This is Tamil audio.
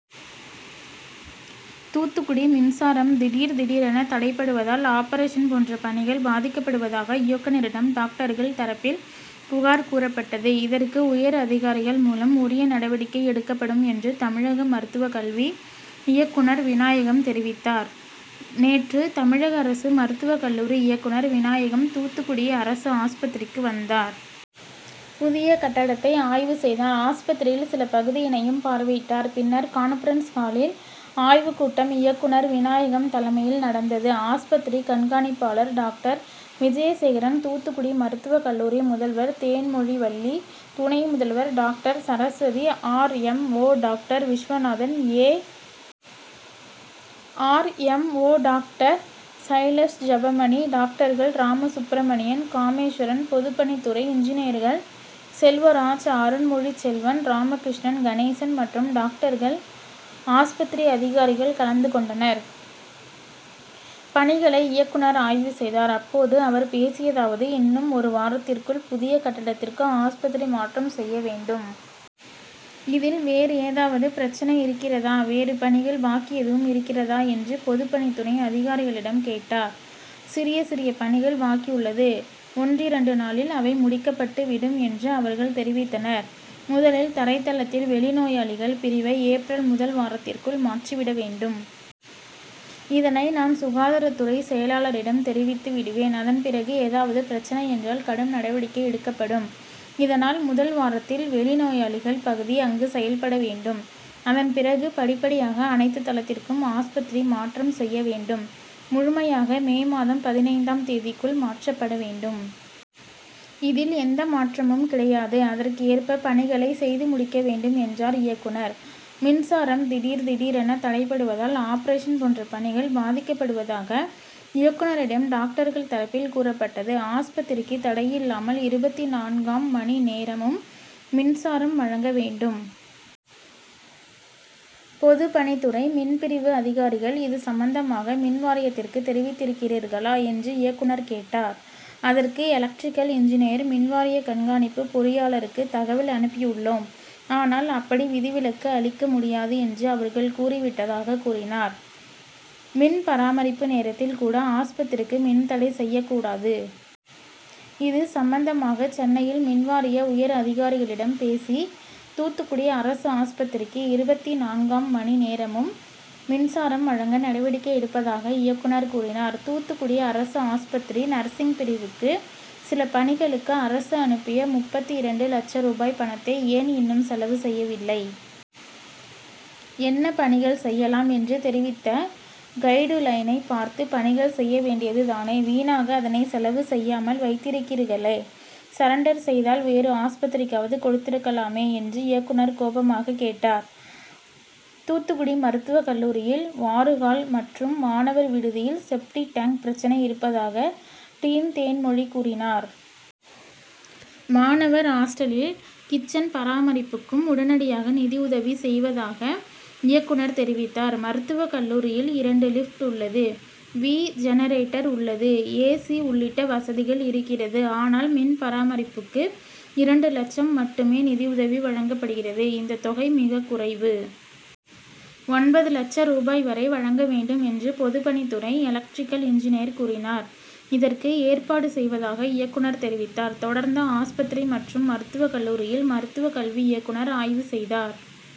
தூத்துக்குடி: மின்சாரம் திடீர், திடீரென தடைபடுவதால் ஆபரேஷன் போன்ற பணிகள் பாதிக்கப்படுவதாக இயக்குநரிடம் டாக்டர்கள் தரப்பில் புகார் கூறப்பட்டது. இதற்கு உயர் அதிகாரிகள் மூலம் உரிய நடவடிக்கை எடுக்கப்படும் என்று தமிழக மருத்துவக்கல்வி இயக்குநர் விநாயகம் தெரிவித்தார். நேற்று தமிழக அரசு மருத்துவக் கல்லூரி இயக்குநர் விநாயகம் தூத்துக்குடி அரசு ஆஸ்பத்திரிக்கு வந்தார். புதிய கட்டடத்தை ஆய்வு செய்தார். ஆஸ்பத்திரியில் சில பகுதியினையும் பார்வையிட்டார். பின்னர் கான்பரன்ஸ் ஹாலில் ஆய்வு கூட்டம் இயக்குநர் விநாயகம் தலைமையில் நடந்தது. ஆஸ்பத்திரி கண்காணிப்பாளர் டாக்டர் விஜயசேகரன், தூத்துக்குடி மருத்துவக் கல்லூரி முதல்வர் தேன்மொழிவள்ளி, துணை முதல்வர் doctor Saraswathi, R. M. O doctor Viswanathan, A. R. M. O doctor Sailash Jebamani, டாக்டர்கள் ராமசுப்பிரமணியன், காமேஸ்வரன், பொதுப்பணித்துறை இன்ஜினியர்கள் செல்வராஜ், அருள்மொழிச்செல்வன், ராமகிருஷ்ணன், கணேசன் மற்றும் டாக்டர்கள், ஆஸ்பத்திரி அதிகாரிகள் கலந்து கொண்டனர். பணிகளை இயக்குநர் ஆய்வு செய்தார். அப்போது அவர் பேசியதாவது இன்னும் ஒரு வாரத்திற்குள் புதிய கட்டடத்திற்கு ஆஸ்பத்திரி மாற்றம் செய்ய வேண்டும். இதில் வேறு ஏதாவது பிரச்னை இருக்கிறதா, வேறு பணிகள் பாக்கி எதுவும் இருக்கிறதா என்று பொதுப்பணித்துறை அதிகாரிகளிடம் கேட்டார். சிறிய, சிறிய பணிகள் பாக்கியுள்ளது. ஒன்றிரண்டு நாளில் அவை முடிக்கப்பட்டு விடும் என்று அவர்கள் தெரிவித்தனர். முதலில் தரைத்தளத்தில் வெளிநோயாளிகள் பிரிவை ஏப்ரல் முதல் வாரத்திற்குள் மாற்றிவிட வேண்டும். இதனை நான் சுகாதாரத்துறை செயலாளரிடம் தெரிவித்து விடுவேன். அதன் பிறகு ஏதாவது பிரச்னை என்றால் கடும் நடவடிக்கை எடுக்கப்படும். இதனால் முதல் வாரத்தில் வெளி நோயாளிகள் பகுதி அங்கு செயல்பட வேண்டும். அதன் பிறகு படிப்படியாக அனைத்து தளத்திற்கும் ஆஸ்பத்திரி மாற்றம் செய்ய வேண்டும். முழுமையாக மே மாதம் பதினைந்து ஆம் தேதிக்குள் மாற்றப்பட வேண்டும். இதில் எந்த மாற்றமும் கிடையாது. அதற்கு ஏற்ப பணிகளை செய்து முடிக்க வேண்டும் என்றார் இயக்குநர். மின்சாரம் திடீர், திடீரென தடைபடுவதால் ஆபரேஷன் போன்ற பணிகள் பாதிக்கப்படுவதாக இயக்குநரிடம் டாக்டர்கள் தரப்பில் கூறப்பட்டது. ஆஸ்பத்திரிக்கு தடையில்லாமல் இருபத்தி நான்காம் மணி நேரமும் மின்சாரம் வழங்க வேண்டும். பொதுப்பணித்துறை மின் பிரிவு அதிகாரிகள் இது சம்பந்தமாக மின்வாரியத்திற்கு தெரிவித்திருக்கிறீர்களா என்று இயக்குநர் கேட்டார். அதற்கு எலக்டிரிக்கல் இன்ஜினியர் மின்வாரிய கண்காணிப்பு பொறியாளருக்கு தகவல் அனுப்பியுள்ளோம். ஆனால் அப்படி விதிவிலக்கு அளிக்க முடியாது என்று அவர்கள் கூறி விட்டதாக கூறினார். மின் பராமரிப்பு நேரத்தில் கூட ஆஸ்பத்திரிக்கு மின் தடை செய்யக் கூடாது. இது சம்பந்தமாக சென்னையில் மின்வாரிய உயர் அதிகாரிகளிடம் பேசி தூத்துக்குடி அரசு ஆஸ்பத்திரிக்கு இருபத்தி நான்காம் மணி நேரமும் மின்சாரம் வழங்க நடவடிக்கை எடுப்பதாக இயக்குநர் கூறினார். தூத்துக்குடி அரசு ஆஸ்பத்திரி நர்சிங் பிரிவுக்கு சில பணிகளுக்கு அரசு அனுப்பிய முப்பத்தி இரண்டு லட்ச ரூபாய் பணத்தை ஏன் இன்னும் செலவு செய்யவில்லை. என்ன பணிகள் செய்யலாம் என்று தெரிவித்த கைடுலைனை பார்த்து பணிகள் செய்ய வேண்டியது தானே, வீணாக அதனை செலவு செய்யாமல் வைத்திருக்கிறீர்களே, சரண்டர் செய்தால் வேறு ஆஸ்பத்திரிக்காவது கொடுத்திருக்கலாமே என்று இயக்குநர் கோபமாக கேட்டார். தூத்துக்குடி மருத்துவக்கல்லூரியில் வாறுகால் மற்றும் மாணவர் விடுதியில் செப்டிக் டேங்க் பிரச்னை இருப்பதாக டீன் தேன்மொழி கூறினார். மாணவர் ஆஸ்டலில் கிச்சன் பராமரிப்புக்கும் உடனடியாக நிதியுதவி செய்வதாக இயக்குநர் தெரிவித்தார். மருத்துவக் கல்லூரியில் இரண்டு லிப்ட் உள்ளது. வி ஜெனரேட்டர் உள்ளது. ஏ. சி உள்ளிட்ட வசதிகள் இருக்கிறது. ஆனால் மின்பராமரிப்புக்கு இரண்டு லட்சம் மட்டுமே நிதியுதவி வழங்கப்படுகிறது. இந்த தொகை மிக குறைவு. ஒன்பது லட்ச ரூபாய் வரை வழங்க வேண்டும் என்று பொதுப்பணித்துறை எலக்டிரிக்கல் இன்ஜினியர் கூறினார். இதற்கு ஏற்பாடு செய்வதாக இயக்குநர் தெரிவித்தார். தொடர்ந்து ஆஸ்பத்திரி மற்றும் மருத்துவ கல்லூரியில் மருத்துவக் கல்வி இயக்குநர் ஆய்வு செய்தார்.